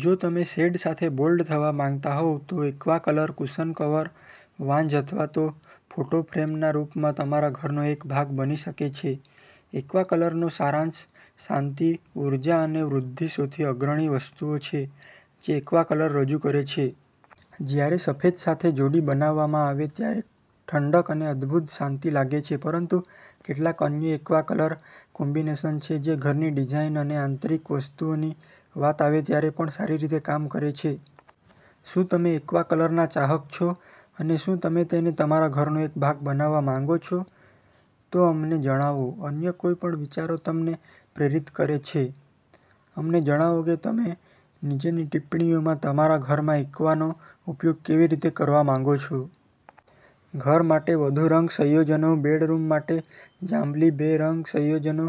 જો તમે શેડ સાથે બોલ્ડ થવા માંગતા હોવ તો aqua colour cushion cover, vase અથવા તો ફોટો ફ્રેમના રૂપમાં તમારા ઘરનો એક ભાગ બની શકે છે. એક્વા કલરનો સારાંશ શાંતિ, ઉર્જા અને વૃદ્ધિસૌથી અગ્રણી વસ્તુઓ છે જે એક્વા કલર રજૂ કરે છે. જ્યારે સફેદ સાથે જોડી બનાવવામાં આવે ત્યારે ઠંડક અને અદ્ભુત શાંતિ લાગે છે, પરંતુ કેટલાક અન્ય એક્વા કલર કોમ્બિનેશન છે જે ઘરની ડિઝાઇન અને આંતરિક વસ્તુઓની વાત આવે ત્યારે પણ સારી રીતે કામ કરે છે. શું તમે એક્વા કલરના ચાહક છો અને શું તમે તેને તમારા ઘરનો એક ભાગ બનાવવા માંગો છો? તો અમને જણાવો. અન્ય કોઈપણ વિચારો તમને પ્રેરિત કરે છે? અમને જણાવો કે તમે નીચેની ટિપ્પણીઓમાં તમારા ઘરમાં એક્વાનો ઉપયોગ કેવી રીતે કરવા માંગો છો. ઘર માટે વધુ રંગ સંયોજનો બેડરૂમ માટે જાંબલી બે રંગ સંયોજનો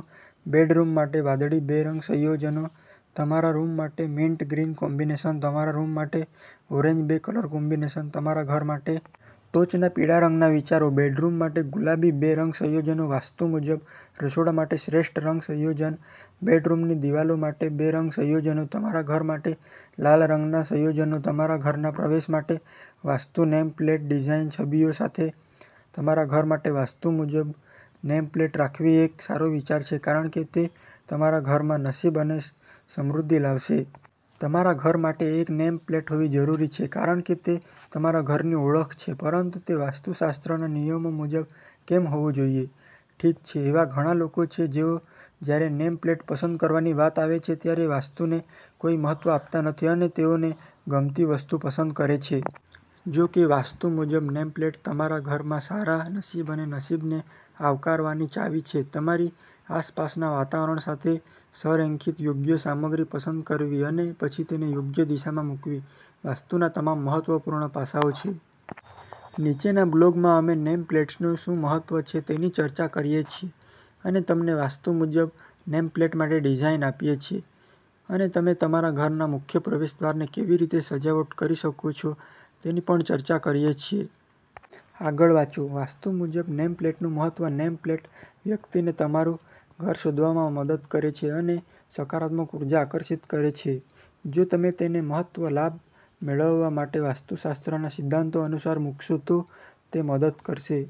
બેડરૂમ માટે વાદળી બે રંગ સંયોજનો તમારા રૂમ માટે મિન્ટ ગ્રીન કોમ્બિનેશન તમારા રૂમ માટે ઓરેન્જ બે કલર કોમ્બિનેશન તમારા ઘર માટે ટોચના પીળા રંગના વિચારો બેડરૂમ માટે ગુલાબી બે રંગ સંયોજનો વાસ્તુ મુજબ રસોડા માટે શ્રેષ્ઠ રંગ સંયોજન બેડરૂમની દિવાલો માટે બે રંગ સંયોજનો તમારા ઘર માટે લાલ રંગના સંયોજનો તમારા ઘરના પ્રવેશ માટે વાસ્તુ નેમ પ્લેટ ડિઝાઇનછબીઓ સાથે તમારા ઘર માટે વાસ્તુ મુજબ નેમ પ્લેટ રાખવીએક સારો વિચાર છે કારણ કે તે તમારા ઘરમાં નસીબ અને સમૃદ્ધિ લાવશે. તમારા ઘર માટે નેમ પ્લેટ હોવી જરૂરી છે કારણ કે તે તમારા ઘરની ઓળખ છે. પરંતુ તે વાસ્તુશાસ્ત્રના નિયમો મુજબ કેમ હોવું જોઈએ? ઠીક છે, એવા ઘણા લોકો છે જેઓ જ્યારે નેમ પ્લેટ પસંદ કરવાની વાત આવે છે ત્યારે વાસ્તુને કોઈ મહત્વ આપતા નથી અને તેઓને ગમતી વસ્તુ પસંદ કરે છે. જો કે, વાસ્તુ મુજબ નેમ પ્લેટ તમારા ઘરમાં સારા નસીબ અને નસીબને આવકારવાની ચાવી છે. તમારી આસપાસના વાતાવરણ સાથે સંરેખિત યોગ્ય સામગ્રી પસંદ કરવી અને પછી તેને યોગ્ય દિશામાં મૂકવી વાસ્તુના તમામ મહત્વપૂર્ણ પાસાઓ છે. નીચેના બ્લોગમાં, અમે નેમ પ્લેટ્સનું શું મહત્વ છે તેની ચર્ચા કરીએ છીએ, અને તમને વાસ્તુ મુજબ નેમ પ્લેટ માટે ડિઝાઇન આપીએ છીએ, અને તમે તમારા ઘરના મુખ્ય પ્રવેશદ્વારને કેવી રીતે સજાવટ કરી શકો છો તેની પણ ચર્ચા કરીએ છીએ. આગળ વાંચો વાસ્તુ મુજબ નેમ પ્લેટનું મહત્વ નેમપ્લેટ વ્યક્તિને તમારું ઘર શોધવામાં મદદ કરે છે અને સકારાત્મક ઊર્જા આકર્ષિત કરે છે. જો તમે તેને મહત્તમ લાભ મેળવવા માટે વાસ્તુશાસ્ત્રના સિદ્ધાંતો અનુસાર મુકશો તો તે મદદ કરશે.